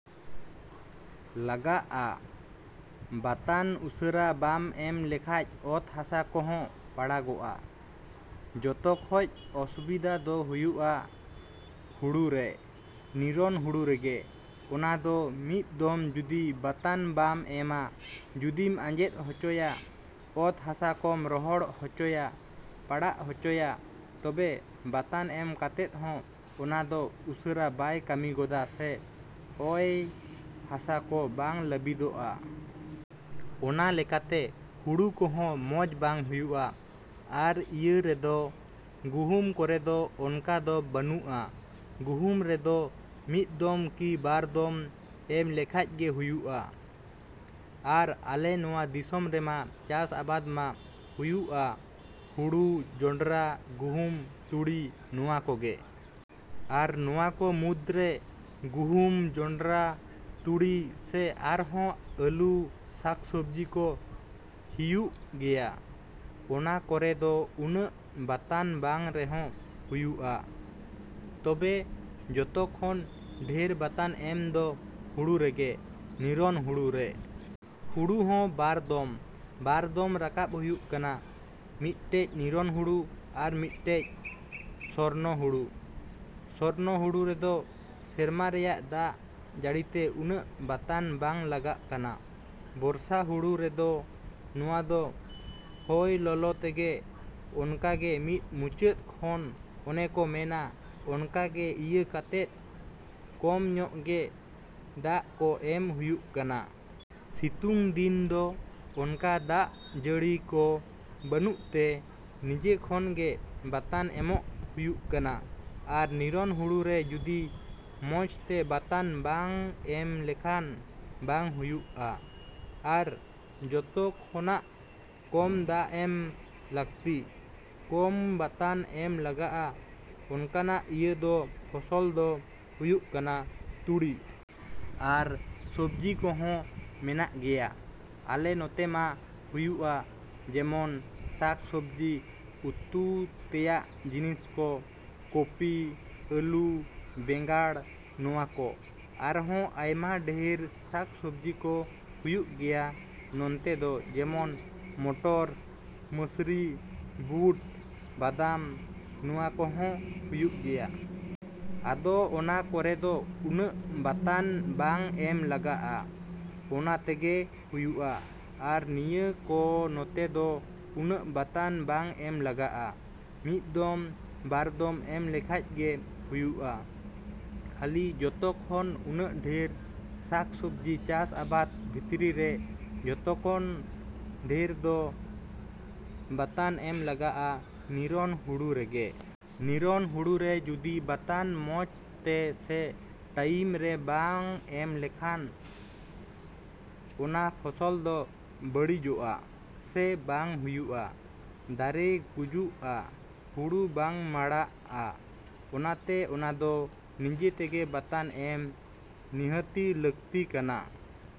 ᱞᱟᱜᱟᱜᱼᱟ᱾ ᱵᱟᱛᱟᱱ ᱩᱥᱟᱹᱨᱟ ᱵᱟᱢ ᱮᱢ ᱞᱮᱠᱷᱟᱡ ᱚᱛ ᱦᱟᱥᱟ ᱠᱚᱦᱚᱸ ᱯᱟᱲᱟᱜᱚᱜᱼᱟ᱾ ᱡᱚᱛᱚ ᱠᱷᱚᱡ ᱚᱥᱩᱵᱤᱫᱷᱟ ᱫᱚ ᱦᱩᱭᱩᱜᱼᱟ ᱦᱩᱲᱩᱨᱮ, ᱱᱤᱨᱚᱱ ᱦᱩᱲᱩ ᱨᱮᱜᱮ᱾ ᱚᱱᱟᱫᱚ ᱢᱤᱫ ᱫᱚᱢ ᱡᱩᱫᱤ ᱵᱟᱛᱟᱱ ᱵᱟᱢ ᱮᱢᱟ, ᱡᱩᱫᱤᱢ ᱟᱸᱡᱮᱫ ᱦᱚᱪᱚᱭᱟ, ᱚᱛ ᱦᱟᱥᱟ ᱠᱚᱢ ᱨᱚᱦᱚᱲ ᱦᱚᱪᱚᱭᱟ, ᱯᱟᱲᱟᱜ ᱦᱚᱪᱚᱭᱟ, ᱛᱚᱵᱮ ᱵᱟᱛᱟᱱ ᱮᱢ ᱠᱟᱛᱮᱫ ᱦᱚᱸ ᱚᱱᱟᱫᱚ ᱩᱥᱟᱹᱨᱟ ᱵᱟᱭ ᱠᱟᱹᱢᱤ ᱜᱚᱫᱟ ᱥᱮ ᱚᱭ ᱦᱟᱥᱟ ᱠᱚ ᱵᱟᱝ ᱞᱟᱹᱵᱤᱫᱚᱜ-ᱟ ᱾ ᱚᱱᱟ ᱞᱮᱠᱟᱛᱮ ᱦᱩᱲᱩ ᱠᱚᱦᱚᱸ ᱢᱚᱡᱽ ᱵᱟᱝ ᱦᱩᱭᱩᱜᱼᱟ᱾ ᱟᱨ ᱤᱭᱟᱹ ᱨᱮᱫᱚ, ᱜᱩᱦᱩᱢ ᱠᱚᱨᱮᱫᱚ ᱚᱱᱠᱟ ᱫᱚ ᱵᱟᱹᱱᱩᱜᱼᱟ᱾ ᱜᱩᱦᱩᱢ ᱨᱮᱫᱚ ᱢᱤᱫ ᱫᱚᱢ ᱠᱤ ᱵᱟᱨ ᱫᱚᱢ ᱮᱢ ᱞᱮᱠᱷᱟᱡ ᱜᱮ ᱦᱩᱭᱩᱜᱼᱟ᱾ ᱟᱨ ᱟᱞᱮ ᱱᱚᱣᱟ ᱫᱤᱥᱚᱢ ᱨᱮᱢᱟ ᱪᱟᱥ ᱟᱵᱟᱫ ᱢᱟ ᱦᱩᱭᱩᱜᱼᱟ, ᱦᱩᱲᱩ, ᱡᱚᱱᱰᱨᱟ, ᱜᱩᱦᱩᱢ, ᱛᱩᱲᱤ ᱱᱚᱣᱟ ᱠᱚᱜᱮ᱾ ᱟᱨ ᱱᱚᱣᱟ ᱠᱚ ᱢᱩᱫᱽᱨᱮ ᱜᱩᱦᱩᱢ, ᱡᱚᱱᱰᱨᱟ, ᱛᱩᱲᱤ ᱥᱮ ᱟᱨᱦᱚᱸ ᱟᱹᱞᱩ, ᱥᱟᱠᱼᱥᱚᱵᱽᱡᱤ ᱠᱚ ᱦᱤᱭᱩᱜ ᱜᱮᱭᱟ᱾ ᱚᱱᱟ ᱠᱚᱨᱮ ᱫᱚ ᱩᱱᱟᱹᱜ ᱵᱟᱛᱟᱱ ᱵᱟᱝ ᱨᱮᱦᱚᱸ ᱦᱩᱭᱩᱜᱼᱟ᱾ ᱛᱚᱵᱮ ᱡᱚᱛᱚ ᱠᱷᱚᱱ ᱰᱷᱮᱨ ᱵᱟᱛᱟᱱ ᱮᱢ ᱫᱚ ᱦᱩᱲᱩ ᱨᱮᱜᱮ, ᱱᱤᱨᱚᱱ ᱦᱩᱲᱩ ᱨᱮ᱾ ᱦᱩᱲᱩ ᱦᱚᱸ ᱵᱟᱨ ᱫᱚᱢ, ᱵᱟᱨ ᱫᱚᱢ ᱨᱟᱠᱟᱵᱽ ᱦᱩᱭᱩᱜ ᱠᱟᱱᱟ᱾ ᱢᱤᱫᱴᱮᱡ ᱱᱤᱨᱚᱱ ᱦᱩᱲᱩ ᱟᱨ ᱢᱤᱫᱴᱮᱡ ᱥᱚᱨᱱᱚ ᱦᱩᱲᱩ᱾ ᱥᱚᱨᱱᱚ ᱦᱩᱲᱩ ᱨᱮᱫᱚ ᱥᱮᱨᱢᱟ ᱨᱮᱭᱟᱜ ᱫᱟᱜ ᱡᱟᱹᱲᱤᱛᱮ ᱩᱱᱟᱹᱜ ᱵᱟᱛᱟᱱ ᱵᱟᱝ ᱞᱟᱜᱟᱜ ᱠᱟᱱᱟ᱾ ᱵᱚᱨᱥᱟ ᱦᱩᱲᱩ ᱨᱮᱫᱚ ᱱᱚᱣᱟ ᱫᱚ ᱦᱚᱭ ᱞᱚᱞᱚ ᱛᱮᱜᱮ ᱚᱱᱠᱟ ᱜᱮ ᱢᱤᱫ ᱢᱩᱪᱟᱹᱫ ᱠᱷᱚᱱ ᱚᱱᱮ ᱠᱚ ᱢᱮᱱᱟ, ᱚᱱᱠᱟ ᱜᱮ ᱤᱭᱟᱹ ᱠᱟᱛᱮᱫ ᱠᱚᱢ ᱧᱚᱜ ᱜᱮ ᱫᱟᱜ ᱠᱚ ᱮᱢ ᱦᱩᱭᱩᱜ ᱠᱟᱱᱟ᱾ ᱥᱤᱛᱩᱝ ᱫᱤᱱ ᱫᱚ ᱚᱱᱠᱟ ᱫᱟᱜ ᱡᱟᱹᱲᱤ ᱠᱚ ᱵᱟᱹᱱᱩᱜ ᱛᱮ, ᱱᱤᱡᱮ ᱠᱷᱚᱱ ᱜᱮ ᱵᱟᱛᱟᱱ ᱮᱢᱚᱜ ᱦᱩᱭᱩᱜ ᱠᱟᱱᱟ᱾ ᱟᱨ ᱱᱤᱨᱚᱱ ᱦᱩᱲᱩ ᱨᱮ ᱡᱩᱫᱤ ᱢᱚᱡᱽ ᱛᱮ ᱵᱟᱛᱟᱱ ᱵᱟᱝ ᱮᱢ ᱞᱮᱠᱷᱟᱱ ᱵᱟᱝ ᱦᱩᱭᱩᱜᱼᱟ᱾ ᱟᱨ ᱡᱚᱛᱚ ᱠᱷᱚᱱᱟᱜ ᱠᱚᱢ ᱫᱟᱜ ᱮᱢ ᱞᱟᱹᱠᱛᱤ, ᱠᱚᱢ ᱠᱚᱢ ᱵᱟᱛᱟᱱ ᱮᱢ ᱞᱟᱜᱟᱜᱼᱟ ᱚᱱᱠᱟᱱᱟᱜ ᱤᱭᱟᱹ ᱫᱚ ᱯᱷᱚᱥᱚᱞ ᱫᱚ ᱦᱩᱭᱩᱜ ᱠᱟᱱᱟ ᱛᱩᱲᱤ᱾ ᱟᱨ ᱥᱚᱵᱽᱡᱤ ᱠᱚᱦᱚᱸ ᱢᱮᱱᱟᱜ ᱜᱮᱭᱟ, ᱟᱞᱮ ᱱᱚᱛᱮ ᱢᱟ ᱦᱩᱭᱩᱜᱼᱟ ᱡᱮᱢᱚᱱ ᱥᱟᱠ ᱥᱚᱵᱽᱡᱤ, ᱩᱛᱩ ᱛᱮᱭᱟᱜ ᱡᱤᱱᱤᱥ ᱠᱚ, ᱠᱚᱯᱤ, ᱟᱹᱞᱩ, ᱵᱮᱸᱜᱟᱲ ᱱᱚᱣᱟ ᱠᱚ᱾ ᱟᱨᱦᱚᱸ ᱟᱭᱢᱟ ᱰᱷᱮᱨ ᱥᱟᱠ ᱥᱚᱵᱽᱡᱤ ᱠᱚ ᱦᱩᱭᱩᱜ ᱜᱮᱭᱟ ᱱᱚᱱᱛᱮ ᱫᱚ ᱡᱮᱢᱚᱱ ᱢᱚᱴᱚᱨ, ᱢᱟᱹᱥᱨᱤ, ᱵᱩᱴ, ᱵᱟᱫᱟᱢ ᱱᱚᱣᱟ ᱠᱚᱦᱚᱸ ᱦᱩᱭᱩᱜ ᱜᱮᱭᱟ᱾ ᱟᱫᱚ ᱚᱱᱟ ᱠᱚᱨᱮ ᱫᱚ ᱩᱱᱟᱹᱜ ᱵᱟᱛᱟᱱ ᱵᱟᱝ ᱮᱢ ᱞᱟᱜᱟᱜᱼᱟ᱾ ᱚᱱᱠᱟ ᱛᱮᱜᱮ ᱦᱩᱭᱩᱜᱼᱟ᱾ ᱟᱨ ᱱᱤᱭᱟᱹ ᱠᱚ ᱱᱚᱛᱮ ᱫᱚ ᱩᱱᱟᱹᱜ ᱵᱟᱛᱟᱱ ᱵᱟᱝ ᱮᱢ ᱞᱟᱜᱟᱜᱼᱟ, ᱢᱤᱫ ᱫᱚᱢ, ᱵᱟᱨ ᱫᱚᱢ ᱮᱢ ᱞᱮᱠᱷᱟᱡ ᱜᱮ ᱦᱩᱭᱩᱜᱼᱟ᱾ ᱠᱷᱟᱹᱞᱤ ᱡᱚᱛᱚ ᱠᱷᱚᱱ ᱩᱱᱟᱹᱜ ᱰᱷᱮᱨ ᱥᱟᱠᱼᱥᱚᱵᱽᱡᱤ ᱪᱟᱥ ᱟᱵᱟᱫ ᱵᱷᱤᱛᱨᱤ ᱨᱮ ᱡᱚᱛᱚ ᱠᱷᱚᱱ ᱰᱷᱮᱨ ᱫᱚ ᱵᱟᱛᱟᱱ ᱮᱢ ᱞᱟᱜᱟᱜᱼᱟ ᱱᱤᱨᱚᱱ ᱦᱩᱲᱩ ᱨᱮᱜᱮ᱾ ᱱᱤᱨᱚᱱ ᱦᱩᱲᱩ ᱨᱮ ᱡᱩᱫᱤ ᱵᱟᱛᱟᱱ ᱢᱚᱡᱽ ᱛᱮ ᱥᱮ ᱴᱟᱭᱤᱢ ᱨᱮ ᱵᱟᱝ ᱮᱢ ᱞᱮᱠᱷᱟᱱ, ᱚᱱᱟ ᱯᱷᱚᱥᱚᱞ ᱫᱚ ᱵᱟᱹᱲᱤᱡᱚᱜ-ᱟ, ᱥᱮ ᱵᱟᱝ ᱦᱩᱭᱩᱜᱼᱟ, ᱫᱟᱨᱮ ᱜᱩᱡᱩᱜᱼᱟ, ᱦᱩᱲᱩ ᱵᱟᱝ ᱢᱚᱲᱟᱜᱼᱟ᱾ ᱚᱱᱟᱛᱮ ᱚᱱᱟᱫᱚ ᱱᱤᱡᱮ ᱛᱮᱜᱮ ᱵᱟᱛᱟᱱ ᱮᱢ ᱱᱤᱦᱟᱹᱛᱤ ᱞᱟᱹᱠᱛᱤ ᱠᱟᱱᱟ